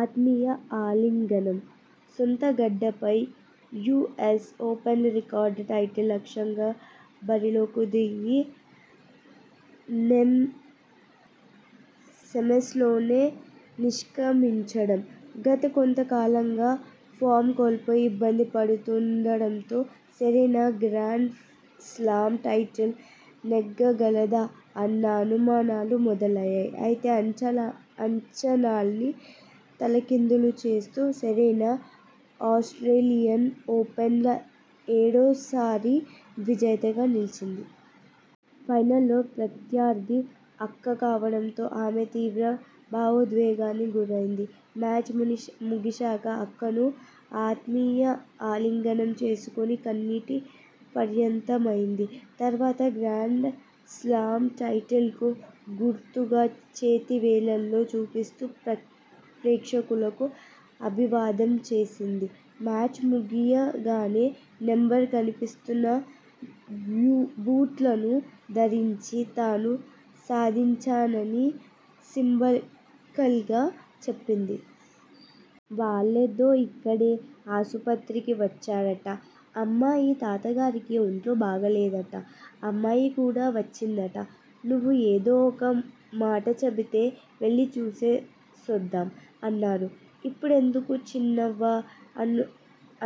ఆత్మీయ ఆలింగనం: సొంతగడ్డపై యూఎస్ ఓపెన్లో రికార్డు టైటిల్ లక్ష్యంగా బరిలోకి దిగి సెమీ్సలోనే నిష్క్రమించడం!! గత కొంత కాలంగా ఫామ్ కోల్పోయి ఇబ్బంది పడుతుండడంతో సెరెనా గ్రాండ్ స్లామ్ టైటిల్ నెగ్గగలదా అన్న అనుమానాలు మొదలయ్యాయి! అయితే అంచనాల్ని తలకిందులు చేస్తూ సెరెనా ఆస్ర్టేలియన్ ఓపెన్లో ఏడోసారి విజేతగా నిలిచింది. ఫైనల్లో ప్రత్యర్థి అక్క కావడంతో ఆమె తీవ్ర భావోద్వేగానికి గురైంది. మ్యాచ్ ముగిశాక అక్కను ఆత్మీయ ఆలింగనం చేసుకుని కన్నీటి పర్యంతమైంది. తర్వాత గ్రాండ్ స్లామ్ టైటిల్కు గుర్తుగా చేతి వేళ్లను చూపిస్తూ ప్రేక్షకులకు అభివాదం చేసింది. మ్యాచ్ ముగియగానే నెంబర్ కనిపిస్తున్న బూట్లను ధరించి తాను సాధించానని సింబాలిక్గా చెప్పింది. వాళ్లేదో ఇక్కడే ఆసుపత్రికి వచ్చారట. అమ్మాయి తాతగారికి ఒంట్లో బాగాలేదట. అమ్మాయికూడా వచ్చిందట. నువ్వు ఏదో ఓ మాటచెబితే వెళ్లి చూసొచ్చేద్దాం' అన్నారు. ''ఇప్పుడెందుకు చిన్నాన్నా''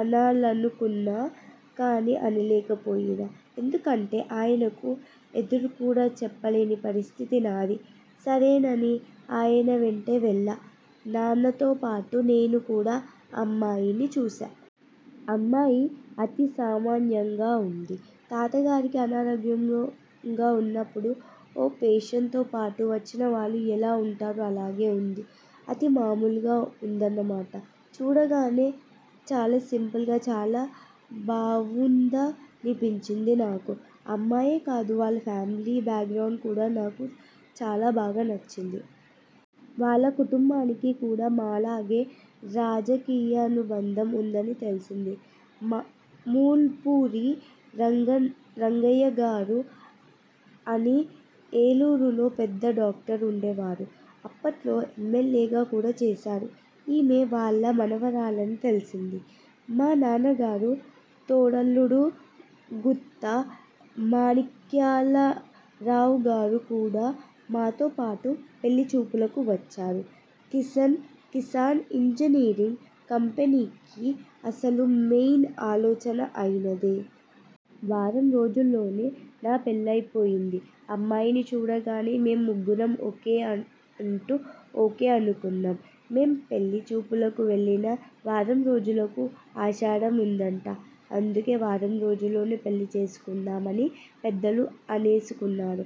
అనాలనుకున్నా. కానీ అనలేకపోయా. ఎందుకంటే ఆయనకు ఎదురుకూడా చెప్పలేని పరిస్థితి నాది. సరేనని ఆయనవెంటే వెళ్లా. న్నాన్నతోపాటు నేనుకూడా అమ్మాయిని చూశా. అమ్మాయి అతి సామాన్యంగా ఉంది. తాతగారికి అనారోగ్యంగా ఉన్నప్పుడు, ఓ పేషెంట్తోపాటు వచ్చినవాళ్లు ఎలా ఉంటారో అలాగే ఉంది. అతి మామూలుగా ఉందన్నమాట. చూడగానే చాలా సింపుల్గా, చాలా బావుందనిపించి నాకు. అమ్మాయే కాదు, వాళ్ల ఫ్యామిలీ బ్యాగ్రౌండ్ కూడా నాకు చాలా బాగా నచ్చింది. వాళ్ల కుటుంబానికి కూడా మాలాగే రాజకీయానుబంధం ఉందని తెలిసింది. మూల్పూరి రంగయ్యగారు అని ఏలూరులో పెద్ద డాక్టర్ ఉండేవారు. అప్పట్లో ఎమ్మెల్యేగా కూడా చేశారు. ఈమె వాళ్ల మనవరాలని తెలిసింది. మా నాన్నగారి తోడల్లుడు గుత్తా మాణిక్యాలరావుగారు కూడా మాతోపాటు పెళ్ళి చూపులకు వచ్చారు. కిసాన్ ఇంజనీరింగ్ కంపెనీకి అసలు మెయిన్ ఆలోచన ఆయనదే. వారంరోజుల్లోనే నా పెళ్ళైపోయిందిఅమ్మాయిని చూడగానే మేం ముగ్గురం ఓకే అంటే ఓకే అనుకున్నాం. మేం పెళ్ళి చూపులకు వెళ్లిన వారంరోజులకు ఆషాఢం ఉందట. అందుకే వారంరోజుల్లోనే పెళ్ళి చేసేసుకుందాం అని పెద్దలు అనేసుకున్నారు.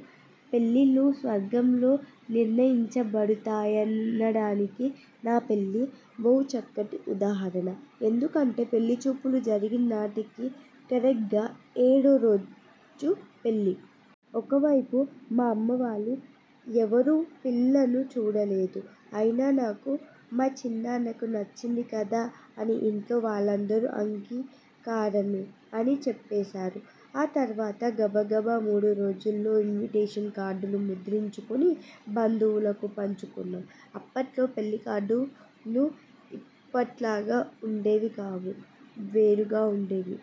పెళ్ళిళ్ళు స్వర్గంలో నిర్ణయించబడతాయనడానికి నా పెళ్ళి బహుచక్కటి ఉదాహరణ. ఎందుకంటే పెళ్ళిచూపులు జరిగిననాటికి కరెక్ట్గా ఏడోరోజు పెళ్ళి. ఒకవైపు మా అమ్మవాళ్లు ఎవరూ పిల్లని చూడలేదు. అయినా నాకు, మా చిన్నాన్నకి నచ్చింది కదా అని ఇంట్లో వాళ్ళందరూ అంగీకారమే అని చెప్పేశారు. ఆ తర్వాత గబగబా మూడురోజుల్లో ఇన్విటేషన్ కార్డులు ముద్రించుకుని బంధువులకు పంచుకున్నాం. అప్పట్లో పెళ్ళికార్డులు ఇప్పట్లాగా ఉండేవికావు. వేరుగా ఉండేవి.